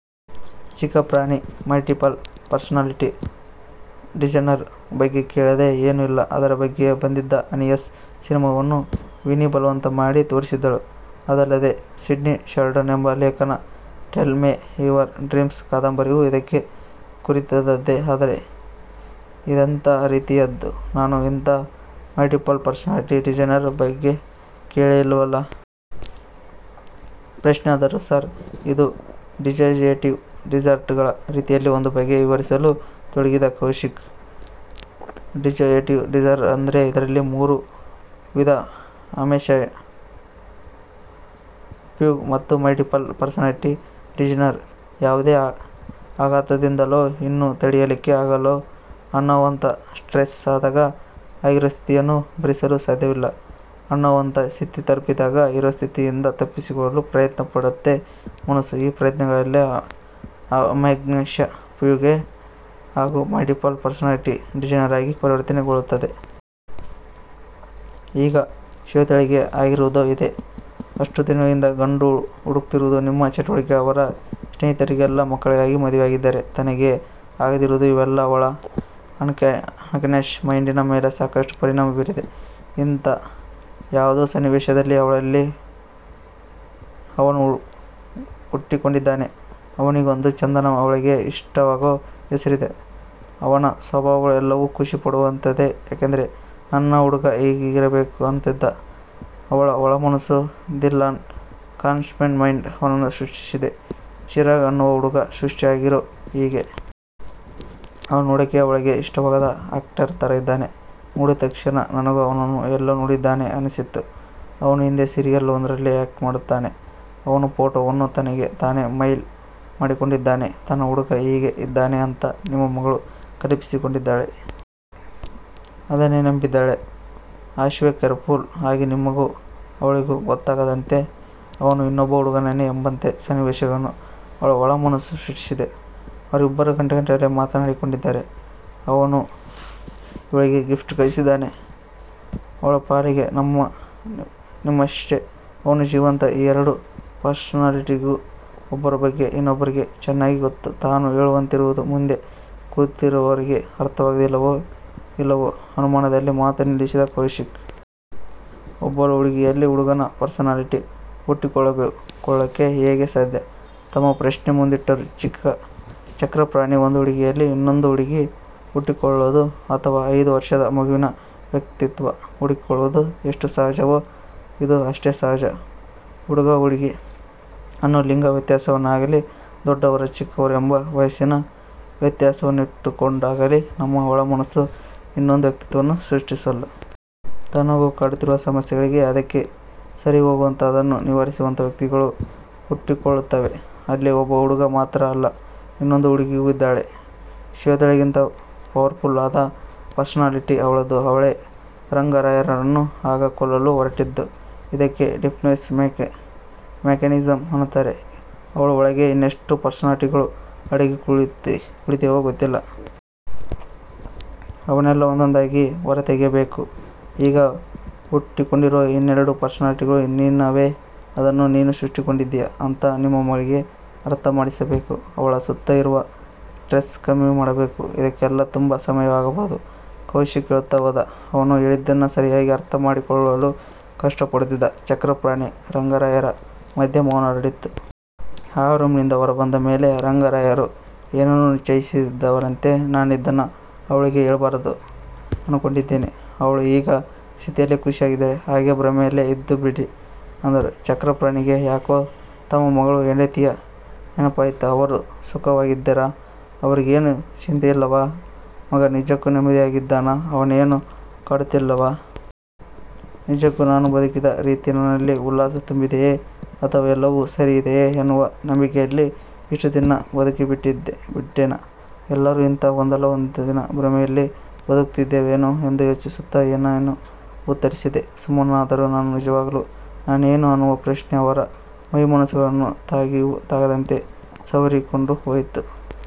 Chakrapani multiple personality disorder ಬಗ್ಗೆ ಕೇಳದೆ ಏನೂ ಇಲ್ಲ, ಅದರ ಬಗ್ಗೆ ಬಂದಿದ್ದ ಅನ್ನಿಯನ್ ಸಿನಿಮಾವನ್ನ ವಿನಿ ಬಲವಂತ ಮಾಡಿ ತೋರಿಸಿದ್ದಳು, ಅದಲ್ಲದೆ ಸಿಡ್ನಿ ಶಲ್ಡನ್ ಎಂಬ ಲೇಖಕನ 'ಟೆಲ್ ಮೆ ಯುವರ್ ಡ್ರೀಮ್ಸ್' ಕಾದಂಬರಿಯೂ ಇದಕ್ಕೆ ಕುರಿತಾದದ್ದೇ.. ಆದರೆ? 'ಆದರೆ ಇದೆಂತಾ ರೀತಿಯದ್ದು, ನಾನು ಇಂಥಾ ಮಲ್ಟಿಪಲ್ ಪರ್ಸನಾಲಿಟಿ ಡಿಸಾರ್ಡರ್ ಬಗ್ಗೆ ಕೇಳೇ ಇಲ್ಲವಲ್ಲ? ಪ್ರಶ್ನೆಯಾದರು. ಸರ್ ಇದು ಡಿಸೋಸಿಯೇಟಿವ್ ಡಿಸಾರ್ಡಗಳ ರೀತಿಯಲ್ಲಿ ಒಂದು ಬಗೆ.. ವಿವರಿಸಲು ತೊಡಗಿದ ಕೌಶಿಕ್.. ಡಿಸೋಸಿಯೇಟಿವ್ ಡಿಸಾರ್ಡರ್ ಅಂದ್ರೆ ಇದರಲ್ಲಿ ಮೂರು ವಿಧ ಅಮ್ನೇಶ್ಯ ಫ್ಯೂಗ್ ಮತ್ತು ಮಲ್ಟಿಪಲ್ ಪರ್ಸನಾಲಿಟಿ ಡಿಸಾರ್ಡರ್. ಯಾವುದೋ ಆಘಾತದಿಂದಲೋ, ಇನ್ನು ತಡಿಯಲಿಕ್ಕೆ ಆಗೋಲ್ಲ ಅನ್ನೋವಂಥ ಸ್ಟ್ರೆಸ್ ಆದಾಗ, ಈಗಿರೋ ಸ್ಥಿತಿಯನ್ನ ಭರಿಸಲು ಸಾಧ್ಯವಿಲ್ಲ ಅನ್ನೋವಂಥ ಸ್ಥಿತಿ ತಲುಪಿದಾಗ ಇರೋಸ್ಥಿತಿಯಿಂದ ತಪ್ಪಿಸಿಕೊಳ್ಳಲು ಪ್ರಯತ್ನ ಪಡುತ್ತೆ ಮನಸ್ಸು, ಈ ಪ್ರಯತ್ನಗಳೇ ಅಮ್ನೇಶ್ಯ ಫ್ಯೂ ಗ್, ಹಾಗೂ ಮಲ್ಟಿಪಲ್ ಪರ್ಸನಾಲಿಟಿ ಡಿಸಾರ್ಡರ್ ಆಗಿ ಪರಿವರ್ತನೆ ಗೊಳ್ಳುತ್ತದೆ. ಈಗ ಶ್ವೇತಾಳಿಗೆ ಆಗಿರುವುದೂ ಇದೇ. ಅಷ್ಟು ದಿನದಿಂದ ಗಂಡು ಹುಡುಕುತ್ತಿರುವ ನಿಮ್ಮ ಚಟುವಟಿಕೆಗಳು, ಅವರ ಸ್ನೇಹಿತೆಯರಿಗೆಲ್ಲಾ ಮಕ್ಕಳಾಗಿ ಮದುವೆಯಾಗಿದ್ದರೂ ತನಗೆ ಆಗದಿರುವುದು, ಇವೆಲ್ಲಾ ಅವಳ ಅನ್ಕಾನ್ಶಸ್ ಮೈಂಡಿನ ಮೇಲೆ ಸಾಕಷ್ಟು ಪರಿಣಾಮ ಬೀರಿವೆ, ಇಂಥಾ ಯಾವುದೋ ಸನ್ನಿವೇಶದಲ್ಲೇ ಅವಳಲ್ಲಿ 'ಅವನು' ಹುಟ್ಟಿಕೊಂಡಿದ್ದಾನೆ. ಆವನಿಗೊಂದು ಚಂದದ ಅವಳಿಗೆ ಇಷ್ಟವಾಗೋ ಹೆಸರಿದೆ, ಅವನ ಸ್ವಭಾವಗಳೆಲ್ಲವೂ ಖುಷಿಕೊಡುವಂಥದ್ದೇ ಯಾಕೆಂದರೆ ನನ್ನ ಹುಡುಗ ಹಿಂಗಿರಬೇಕು ಅನ್ನುತ್ತಿದ್ದ ಅವಳ ಒಳ ಮನಸ್ಸು, 'ದಿ ಅನ್ ಕಾನ್ಶಸ್ ಮೈಂಡ್' ಅವನನ್ನು ಸೃಷ್ಟಿಸಿದೆ, ಚಿರಾಗ್ ಅನ್ನುವ ಹುಡುಗ ಸೃಷ್ಟಿಯಾಗಿರೋದೇ ಹೀಗೆ. ಅವನು ನೋಡೋಕ್ಕೆ ಅವಳಿಗೆ ಇಷ್ಟವಾಗುವ ಆಕ್ಟರ್ ಥರ ಇದಾನೆ, ನೋಡಿದ ತಕ್ಷಣ ನನಗೂ ಅವನನ್ನು ಎಲ್ಲೋ ನೋಡಿದ್ದೇನೆ ಅನ್ನಿಸಿತು ಅವನು ಹಿಂದಿ ಸೀರಿಯಲ್ ಒಂದರಲ್ಲಿ ಆಕ್ಟ್ ಮಾಡುತ್ತಾನೆ. ಅವನ ಫೋಟೋವನ್ನ ತನಗೆ ತಾನೇ ಮೈಲ್ ಮಾಡಿಕೊಂಡಿದ್ದಾಳೆ ತನ್ನ ಹುಡುಗ ಹೀಗೇ ಇದಾನೆ ಅಂತ ನಿಮ್ಮ ಮಗಳು ಕಲ್ಪಿಸಿಕೊಂಡಿದ್ದಾಳೆ. ಅದನ್ನೇ ನಂಬಿದ್ದಾಳೆ. ಅಶ್ಟೇ ಕೇರ್ಫುಲ್ ಆಗಿ ನಿಮಗೂ ಅವಳಿಗೂ ಗೊತ್ತಾಗದಂತೆ ಅವನು ಇನ್ನೊಬ್ಬ ಹುಡುಗನೇ ಎಂಬಂತೆ ಸನ್ನಿವೇಶಗಳನ್ನ ಅವಳ ಒಳ ಮನಸ್ಸು ಸೃಷ್ಟಿಸಿದೆ, ಅವರಿಬ್ಬರೂ ಗಂಟೆಗಟ್ಟಲೆ ಮಾತಾಡಿಕೊಂಡಿದ್ದಾರೆ. ಅವನು ಇವಳಿಗೆ ಗಿಫ್ಟ್ ಕಳಿಸಿದ್ದಾನೆ. ಅವಳ ಪಾಲಿಗೆ ನಮ್ಮ ನಿಮ್ಮಶ್ಟೇ ಅವನೂ ಜೀವಂತ. ಈ ಎರೆಡು ಪರ್ಸನಾಲಿಟೀಸ್ಗೂ ಒಬ್ಬರ ಬಗ್ಗೆ ಇನ್ನೊಬ್ಬರಿಗೆ ಚನ್ನಾಗಿ ಗೊತ್ತು-' ತಾನು ಹೇಳುತ್ತಿರುವುದು ಮುಂದೆ ಕೂತಿರುವವರಿಗೆ ಅರ್ಥವಾಗುತ್ತಿದೆಯೋ ಇಲ್ಲವೂ ಅನುಮಾನದಲ್ಲಿ ಮಾತು ನಿಲ್ಲಿಸಿದ ಕೌಶಿಕ್. ಒಬ್ಬಳು ಹುಡುಗಿಯಲ್ಲಿ ಹುಡುಗನ ಪರ್ಸನಾಲಿಟಿ ಹುಟ್ಟಿಕೊಳ್ಳೋಕ್ಕೆ ಹೇಗೆ ಸಾಧ್ಯ? ತಮ್ಮ ಪ್ರಶ್ನೆ ಮುಂದಿಟ್ಟರು ಚಕ್ರಪಾಣಿ. ಒಂದು ಹುಡುಗಿಯಲ್ಲಿ, ಇನ್ನೊಂದು ಹುಡುಗಿ ಹುಟ್ಟಿಕೊಳ್ಳೋದು, ಅಥವಾ ಐದು ವರ್ಶದ ಮಗುವಿನ ವ್ಯಕ್ತಿತ್ವ ಹುಟ್ಟಿಕೊಳ್ಳೋದು ಎಷ್ಟು ಸಹಜವೋ ಇದೂ ಅಷ್ಟೇ ಸಹಜ. ಹುಡುಗ ಹುಡುಗಿ ಅನ್ನೋ ಲಿಂಗ ವ್ಯತ್ಯಾಸವನ್ನಾಗಾಲಿ ದೊಡ್ಡವರು ಚಿಕ್ಕವರು ಎಂಬ ವಯಸ್ಸಿನ ವ್ಯತ್ಯಾಸವನ್ನಿಟ್ಟುಕೊಂಡಾಗಲೀ ನಮ್ಮ ಒಳ ಮನಸ್ಸು ಇನ್ನೊಂದು ವ್ಯಕ್ತಿತ್ವವನ್ನ ಸೃಷ್ಟಿಸೋಲ್ಲ. ತನ್ನನ್ನು ಕಾಡುತ್ತಿರುವ ಸಮಸ್ಯೆಗಳಿಗೆ, ಅದಕ್ಕೆ ಸರಿಹೋಗುವಂಥ ಅದನ್ನು ನಿವಾರಿಸುವಂಥ ವ್ಯಕ್ತಿತ್ವಗಳು ಹುಟ್ಟಿಕೊಳ್ಳುತ್ತವೆ. ಅಲ್ಲಿ ಒಬ್ಬ ಹುಡುಗ ಮಾತ್ರ ಇಲ್ಲ ಇನ್ನೊಂದು ಹುಡುಗಿಯೂ ಇದ್ದಾಳೆ, ಶ್ವೆತಾಳಿಗಿಂತ ಪವರ್ಫುಲ್ ಆದ ಪರ್ಸನಾಲಿಟಿ ಅವಳದು ಅವಳೇ ರಂಗರಾಯರನ್ನು ಆಗ ಕೊಲ್ಲಲು ಹೊರಟಿದ್ದು. ಇದಕ್ಕೆ ಡಿಫೆನ್ಸ್ ಮೆಕ್ಯಾನಿಸಮ್ ಅನ್ನುತ್ತಾರೆ. ಇವಳ ಒಳಗೆ ಇನ್ನೆಷ್ತು ಪರ್ಸನಾಲಿಟಿಗಾಳು ಅಡಗಿ ಕುಳಿತಿವೆಯೋ ಗೊತ್ತಿಲ್ಲಾ. ಅವನ್ನೆಲ್ಲಾ ಒಂದೊಂದಾಗಿ ಹೊರತೆಗೆಯಬೇಕು. 'ಈಗ ಹುಟ್ಟಿಕೊಂಡಿರೋ ಇನ್ನೆರೆಡು ಪರ್ಸನಾಲಿಟಿಗಳೂ ನಿನ್ನವೇ. ಅದನ್ನು ನೀನೇ ಸೃಷ್ಟಿಸಿಕೊಂಡಿದ್ದೀಯ' ಅಂತ ನಿಮ್ಮ ಮಗಳಿಗೆ ಅರ್ಥ ಮಾಡಿಸಬೇಕು, ಅವಳ ಸುತ್ತ ಇರುವ ಸ್ಟ್ರೆಸ್ ಕಮ್ಮಿ ಮಾಡಬೇಕು ಇದಕ್ಕೆಲ್ಲಾ ತುಂಬ ಸಮಯವಾಗಬಹುದು.. ಕೌಶಿಕ್ ಹೇಳುತ್ತಾ ಹೋದ, ಅವನು ಹೇಳಿದ್ದನ್ನ ಸರಿಯಾಗಿ ಅರ್ಥ ಮಾಡಿಕೊಳ್ಳಲು ಕಷ್ಟ ಪಡುತ್ತಿದ್ದ ಚಕ್ರಪಾಣಿ, ರಂಗರಾಯರ ಮಧ್ಯೆ ಮೌನ ಹರಡಿತ್ತು. ಆ ರೂಮಿನಿಂದ ಹೊರಬಂದ ಮೇಲೆ ರಂಗರಾಯರು ಏನನ್ನೋ ನಿಶ್ಚಯಿಸಿದವರಂತೆ 'ನಾನಿದನ್ನ ಅವ್ಳಿಗೆ ಹೇಳ್ಬಾರ್ದು ಅನ್ಕೊಂಡಿದಿನಿ. ಅವ್ಳು ಈ ಸ್ಥಿತಿಲೇ ಖುಷಿಯಾಗಿದಾಳೆ ಹಾಗೇ ಭ್ರಮೇಲೇ ಇದ್ದು ಬಿಡ್ಲಿ' ಅಂದರು. ಚಕ್ರಪಾಣಿಗೆ ಯಾಕೋ ತಮ್ಮ ಮಗಳು ಹೆಂಡತಿಯ ನೆನಪಾಯಿತು ಅವರು ಸುಖವಾಗಿದ್ದಾರ? ಅವರಿಗೇನು ಚಿಂತೆಯಿಲ್ಲವಾ? ಮಗ ನಿಜಕ್ಕೂ ನೆಮ್ಮದಿಯಾಗಿದ್ದಾನ ಅವನನ್ನೇನು ಕಾಡುತ್ತಿಲ್ಲವಾ? ನಿಜಕ್ಕೂ ನಾನು ಬದುಕಿದ ರೀತಿ ನನ್ನಲ್ಲಿ ಉಲ್ಲಾಸ ತುಂಬಿದೆಯಾ? ಅಥವಾ ಎಲ್ಲವೂ ಸರಿ ಇದೆ ಎನ್ನುವ ನಂಬಿಕೆಯಲ್ಲಿ ಇಷ್ಟು ದಿನ ಬದುಕಿಬಿಟ್ಟೆನಾ? ಎಲ್ಲಾರೂ ಇಂಥಾ ಒಂದಲ್ಲಾ ಒಂದು ಭ್ರಮೆಯಲ್ಲಿ ಬದುಕುತ್ತಿದ್ದೇವೇನೋ ಎಂದು ಯೋಚಿಸುತ್ತಾ ಏನನ್ನೂ ಉತ್ತರಿಸದೆ ಸುಮ್ಮನಾದರು. ನಾನು ನಿಜವಾಗಲೂ ನಾನೇನಾ ಅನ್ನುವ ಪ್ರಶ್ನೆ ಅವರ ಮೈಮನಸ್ಸುಗಳನ್ನು ತಾಗಿಯೂ ತಾಗದಂತೆ ಸವರಿಕೊಂಡು ಹೋಯಿತು.